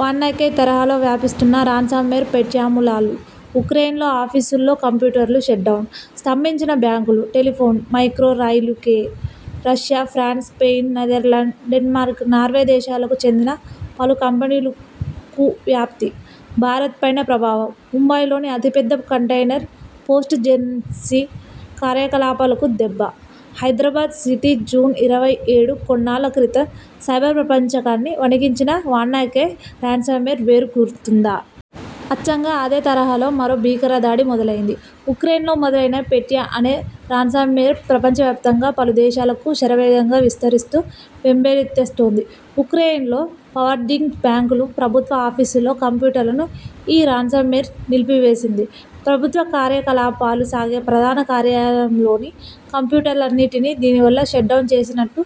వాన్నా cry' తరహాలో వ్యాపిస్తున్న ransomware పెట్యామూలాలు ఉక్రెయిన్లో.. ఆఫీసుల్లో కంప్యూటర్లు షట్డౌన్.. స్తంభించిన బ్యాంకులు, టెలిఫోన్, మెట్రో రైలుయూకే, Russia, France, Spain, Netherlands, Denmark, Norway దేశాలకు చెందిన పలు కంపెనీలకూ వ్యాప్తి భారత్ పైన ప్రభావం.. ముంబైలోని అతిపెద్ద కంటెయినర్ పోర్ట్ జేఎన్పీటీ కార్యకలాపాలకు దెబ్బ హైదరాబాద్ సిటీ, జూన్ ఇరవై ఏడు కొన్నాళ్ల క్రితం సైబర్ ప్రపంచాన్ని వణికించిన 'వాన్నా క్రై' రాన్సమ్ వేర్ గుర్తుందా? అచ్చంగా అదే తరహాలో మరో భీకర దాడి మొదలైంది. ఉక్రెయిన్లో మొదలైన 'పెట్యా' అనే రాన్సమ్వేర్ ప్రపంచవ్యాప్తంగా పలు దేశాలకు శరవేగంగా విస్తరిస్తూ బెంబేలెత్తిస్తోంది. ఉక్రెయిన్లోని పవర్గ్రిడ్, బ్యాంకులు, ప్రభుత్వ ఆఫీసుల్లో కంప్యూటర్లను ఈ రాన్సమ్వేర్ నిలిపివేసింది. ప్రభుత్వ కార్యకలాపాలు సాగే ప్రధాన కార్యాలయంలోని కంప్యూటర్లన్నిటినీ దీనివల్ల షట్డౌన్ చేసేసినట్టు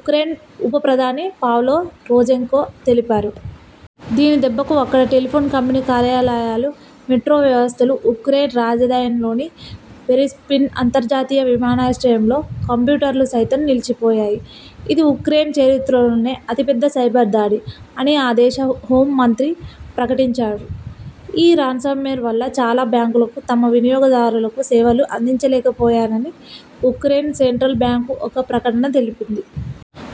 ఉక్రెయిన్ ఉప ప్రధాని పావ్లో రోజెంకో తెలిపారు. దీని దెబ్బకు అక్కడి టెలిఫోన్ కంపెనీ కార్యాలయాలు, మెట్రో వ్యవస్థలు, ఉక్రెయిన్ రాజధానిలోని బోరిస్పిల్ అంతర్జాతీయ విమానాశ్రయంలో కంప్యూటర్లు సైతం నిలిచిపోయాయి. ఇది ఉక్రెయిన్ చరిత్రలోనే అతిపెద్ద సైబర్ దాడి అని ఆ దేశ హోం మంత్రి ప్రకటించారు. ఈ రాన్సమ్వేర్ వల్ల చాలా బ్యాంకులు తమ వినియోగదారులకు సేవలు అందించలేకపోయాయని ఉక్రెయిన్ సెంట్రల్ బ్యాంకు ఒక ప్రకటన తెలిపింది.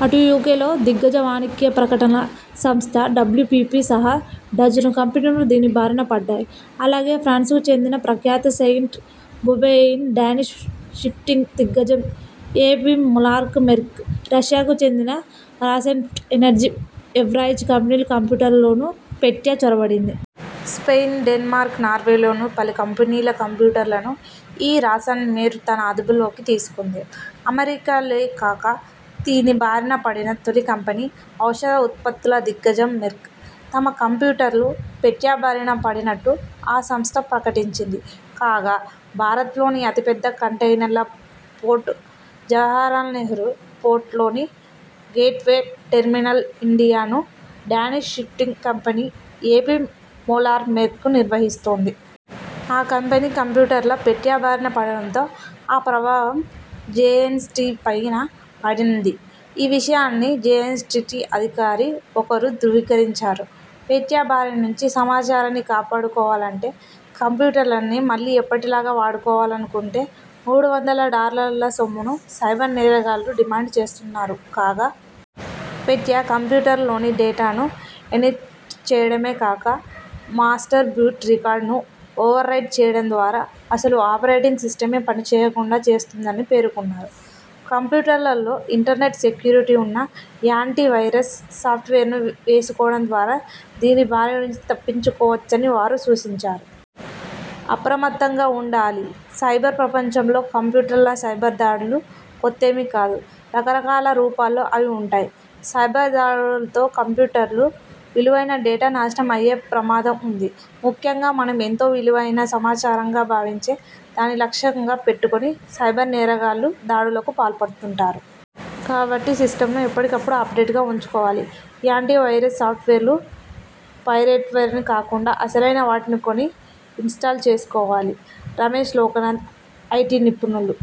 అటు యూకేలో.. దిగ్గజ వాణిజ్యప్రకటనల సంస్థ డబ్ల్యూపీపీ సహా డజను కంపెనీలు దీని బారిన పడ్డాయి. అలాగే, ఫ్రాన్స్ కు చెందిన ప్రఖ్యాత సెయింట్ గోబెయిన్, డానిష్ షిప్పింగ్ దిగ్గజం ఏపీ మోలర్-మెర్స్క్, రష్యాకు చెందిన రాస్నెఫ్ట్ ఎనర్జీ, ఎవ్రాజ్ కంపెనీల కంప్యూటర్లలోనూ 'పెట్యా' చొరబడింది. స్పెయిన్ డెన్మార్క్, నార్వేలోను పలు కంపెనీల కంప్యూటర్లను ఈ రాన్సమ్వేర్ తన అదుపులోకి తీసుకుంది. అమెరికాలే కాక దీని బారిన పడిన తొలి కంపెనీ.. ఔషధ ఉత్పత్తుల దిగ్గజం మెర్క్. తమ కంప్యూటర్లు పెట్యాబారిన పడినట్టు ఆ సంస్థ ప్రకటించింది. కాగా.. భారత్లోని అతి పెద్ద కంటెయినర్ల పోర్టు జవహర్లాల్ నెహ్రూ పోర్ట్ లోని 'గేట్వే టెర్మినల్స్ ఇండియా 'ను Danish shipping company A P Moller Maersk నిర్వహిస్తోంది. ఆ కంపెనీ కంప్యూటర్లు పెట్యా బారిన పడటంతో ఆ ప్రభావం జేఎన్పీటీపైనా పడింది. ఈ విషయాన్ని జేఎన్పీటీ అధికారి ఒకరు ధ్రువీకరించారు. పెట్యా బారి నుంచి సమాచారాన్ని కాపాడుకోవాలంటే కంప్యూటర్ని మళ్లీ ఎప్పటిలాగా వాడుకోవాలనుకుంటే.. మూడు వందల డాలర్ల సొమ్మును సైబర్ నేరగాళ్లు డిమాండ్ చేస్తున్నారు కాగా. పెట్యా కంప్యూటర్లలోని డేటాను ఎన్క్రిప్ట్ చేయడమే కాక. మాస్టర్ బూట్ రికార్డును ఓవర్ రైట్ చేయడం ద్వారా అసలు ఆపరేటింగ్ సిస్టమే పనిచేయకుండా చేస్తుందని పేర్కొన్నారు. కంప్యూటర్లలో ఇంటర్నెట్ సెక్యూరిటీ ఉన్న యాంటీ వైరస్ సాఫ్ట్వేర్లను వేసుకోవడం ద్వారా దీని బారి నుంచి తప్పించుకోవచ్చని వారు సూచించారు. అప్రమత్తంగా ఉండాలిసైబర్ ప్రపంచంలో కంప్యూటర్ల్ సైబర్ దాడులు కొత్తేమి కాదు. రకరకాల రూపాల్లో అవి ఉంటాయి. సైబర్ దాడులతో కంప్యూటర్లు, విలువైన డేటా నాశనం అయ్యే ప్రమాదం ఉంది. ముఖ్యంగా మనం ఎంతో విలువైన సమాచారంగా భావించే దాన్ని లక్ష్యంగా పెట్టుకొని సైబర్ నేరగాళ్లు దాడులకు పాల్పడుతుంటారు. కాబట్టి సిస్టమ్ ను ఎప్పటికప్పుడు అప్డేట్ గా ఉంచుకోవాలి. యాంటీవైరస్ సాఫ్ట్వేర్లు పైరేటెడ్వి కాకుండా అసలైనవాటిని కొని ఇన్స్టాల్ చేసుకోవాలి. -రమేష్ లోకనాథన్, ఐటీ నిపుణులు